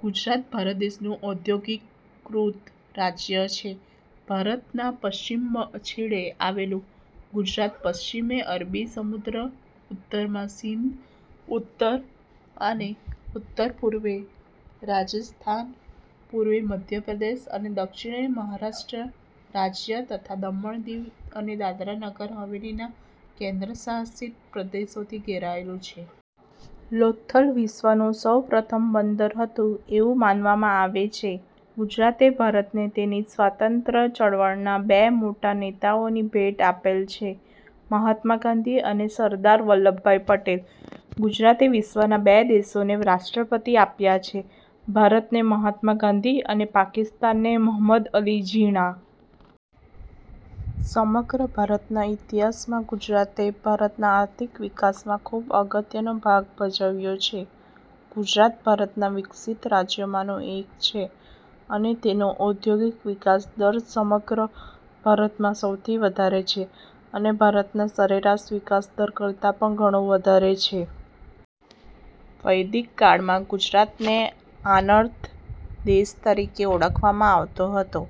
ગુજરાત ભારત દેશનું ઔદ્યોગીકૃત રાજ્ય છે. ભારતના પશ્ચિમ છેડે આવેલું ગુજરાત પશ્ચિમે અરબી સમુદ્ર, ઉત્તરમાં સિંધ, ઉત્તર અને ઉત્તરપૂર્વે રાજસ્થાન, પૂર્વે મધ્ય પ્રદેશ અને દક્ષિણે મહારાષ્ટ્ર રાજ્ય તથા દમણ અને દીવ અને દાદરા અને નગર હવેલી ના કેન્દ્રશાસિત પ્રદેશોથી ઘેરાયેલું છે. લોથલ વિશ્વનું સૌ પ્રથમ બંદર હતું એવું માનવામાં આવે છે. ગુજરાતે ભારતને તેની સ્વાતંત્ર્ય ચળવળના બે મોટા નેતાઓની ભેટ આપેલ છે મહાત્મા ગાંધી અને સરદાર વલ્લભભાઈ પટેલ. ગુજરાતે વિશ્વના બે દેશોને રાષ્ટ્રપિતા આપ્યા છે ભારતને મહાત્મા ગાંધી અને પાકિસ્તાનને મહમદ અલી ઝીણા. સમગ્ર ભારતના ઇતિહાસમાં ગુજરાતે ભારતના આર્થિક વિકાસમાં ખૂબ અગત્યનો ભાગ ભજવ્યો છે. ગુજરાત ભારતના વિકસિત રાજ્યોમાંનું એક છે અને તેનો ઔદ્યોગિક વિકાસ દર સમગ્ર ભારતમાં સૌથી વધારે છે અને ભારતના સરેરાશ વિકાસદર કરતાંં પણ ઘણો વધારે છે. વૈદિક કાળમાં ગુજરાતને આનર્ત દેશ તરીકે ઓળખવામાં આવતો હતો.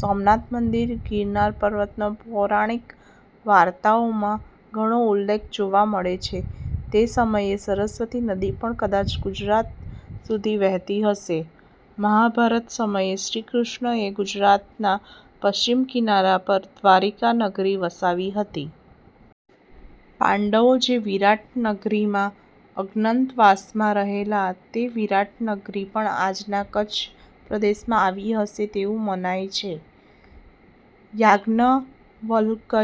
સોમનાથ મંદિર, ગિરનાર પર્વતનો પૌરાણિક વાર્તાઓમાં ઘણો ઉલ્લેખ જોવા મળે છે. તે સમયે સરસ્વતી નદી પણ કદાચ ગુજરાત સુધી વહેતી હશે. મહાભારત સમયે શ્રી કૃષ્ણએ ગુજરાતના પશ્ચિમ કિનારા પર દ્વારિકા નગરી વસાવી હતી. પાંડવો જે વિરાટ નગરીમાં અજ્ઞાતવાસમાં રહેલા તે વિરાટ નગરી પણ આજના કચ્છ પ્રદેશમાં આવી હશે તેવું મનાય છે. યાજ્ઞવલ્કય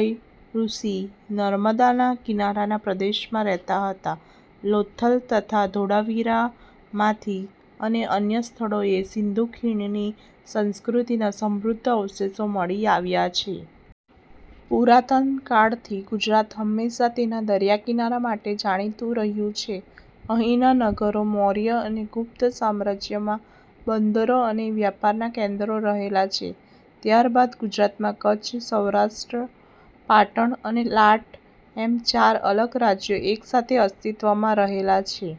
ઋષિ નર્મદાના કિનારાના પ્રદેશમાં રહેતા હતા. લોથલ તથા ધોળાવીરામાંથી અને અન્ય સ્થળોએ સીંધુ ખીણની સંસ્કૃતિના સમૃદ્ધ અવશેષો મળી આવ્યા છે. પુરાતન કાળથી ગુજરાત હંમેશા તેના દરિયાકિનારા માટે જાણીતુ રહ્યું છે. અહીંના નગરો મૌર્ય અને ગુપ્ત સામ્રાજ્યમાં બંદરો અને વ્યાપારનાં કેન્દ્રો રહેલા છે. ત્યારબાદ ગુજરાતમાં કચ્છ, સૌરાષ્ટ્ર, પાટણ અને લાટ એમ ચાર અલગ રાજ્યો એક સાથે અસ્તિત્વમાં રહેલા છે.